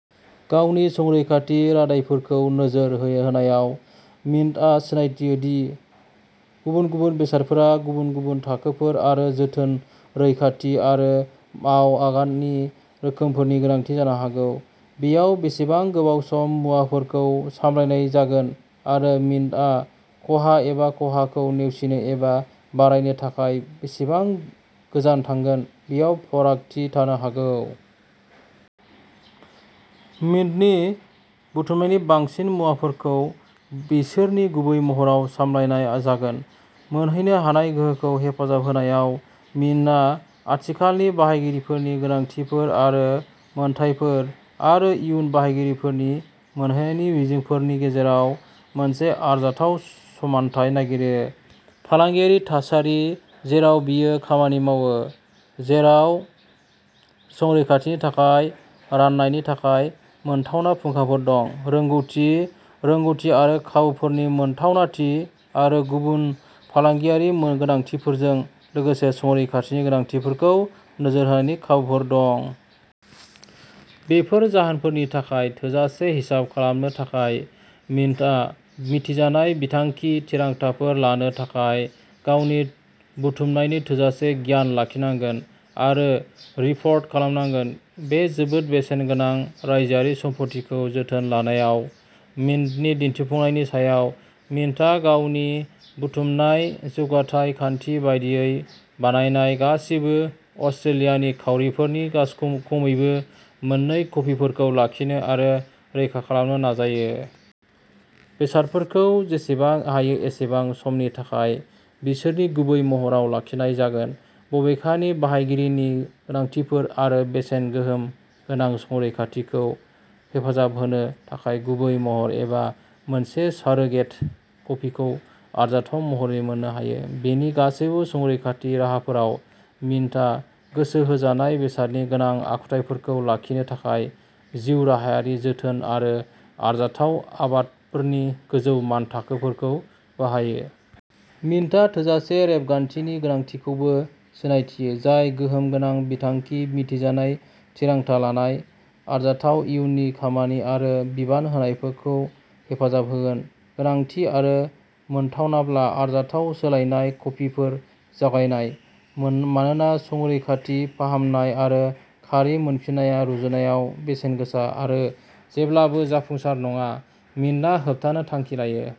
गावनि संरैखाथि रादायफोरखौ नोजोर होनायाव, मिन्टआ सिनायथियो दि गुबुन-गुबुन बेसादफोरा गुबुन-गुबुन थाखोफोर आरो जोथोन, रैखाथि आरो मावआगाननि रोखोमफोरनि गोनांथि जानो हागौ। बेयाव बेसेबां गोबाव सम मुवाफोरखौ सामलायनाय जागोन, आरो मिन्टआ खहा एबा खहाखौ नेवसिनो एबा बारायनो थाखाय बेसेबां गोजान थांगोन, बेयाव फारागथि थानो हागौ। मिन्टनि बुथुमनायनि बांसिन मुवाफोरखौ बिसोरनि गुबै महराव सामलायनाय जागोन। मोनहैनो हानाय गोहोखौ हेफाजाब होनायाव, मिन्टआ आथिखालनि बाहायगिरिफोरनि गोनांथिफोर आरो मोनथायफोर आरो इयुन बाहायगिरिफोरनि मोनहैनायनि मिजिंफोरनि गेजेराव मोनसे आरजाथाव समानथाय नागिरो। फालांगियारि थासारि जेराव बेयो खामानि मावो, जेराव संरैखाथिनि थाखाय राननायनि थाखाय मोनथावना फुंखाफोर दं; रोंग'थि रोंग'थि आरो खाबुफोरनि मोनथावनाथि; आरो गुबुन फालांगियारि गोनांथिफोरजों लोगोसे संरैखाथिनि गोनांथिफोरखौ नोजोर होनायनि खाबुफोर दं। बेफोर जाहोनफोरनि थाखाय थोजासे हिसाब खालामनो थाखाय, मिन्टआ मिथिजानाय बिथांखि थिरांथाफोर लानो थाखाय गावनि बुथुमनायनि थोजासे गियान लाखिनांगोन, आरो रिपर्ट खालामनांगौ। बे जोबोद बेसेन गोनां रायजोआरि सम्फथिखौ जोथोन लानायाव मिन्टनि दिन्थिफुंनायनि सायाव। मिन्टआ गावनि बुथुमनाय जौगाथाय खान्थि बायदियै बानायनाय गासिबो अस्ट्रेलियानि खाउरिफोरनि खमैबो मोननै कपिफोरखौ लाखिनो आरो रैखा खालामनो नाजायो। बेसादफोरखौ जेसेबां हायो एसेबां समनि थाखाय बिसोरनि गुबै महराव लाखिनाय जागोन, बबेखानि बाहायगिरिनि गोनांथिफोर आरो बेसेन-गोहोम गोनां संरैखाथिखौ हेफाजाब होनो थाखाय गुबै महर एबा मोनसे सारोगेट कपिखौ आरजाथाव महरै मोननो हायो। बेनि गासैबो संरैखाथि राहाफोराव, मिन्टआ गोसो होजानाय बेसादनि गोनां आखुथायफोरखौ लाखिनो थाखाय जिउराहायारि जोथोन आरो आरजाथाव आदबफोरनि गोजौ मानथाखोफोरखौ बाहायो। मिन्टआ थोजासे रेबगान्थिनि गोनांथिखौबो सिनायथियो जाय गोहोम गोनां बिथांखि, मिथिजानाय थिरांथा लानाय, आरजाथाव इयुननि खामानि आरो बिबान होनायखौ हेफाजाब होगोन। गोनांथि आरो मोनथावनाब्ला आरजाथाव सोलायनाय कपिफोर जगायनाय। मानोना संरैखाथि फाहामनाय आरो खारि मोनफिननाया रुजुनायाव बेसेन गोसा आरो जेब्लाबो जाफुंसार नङा, मिन्टआ होबथानो थांखि लायो।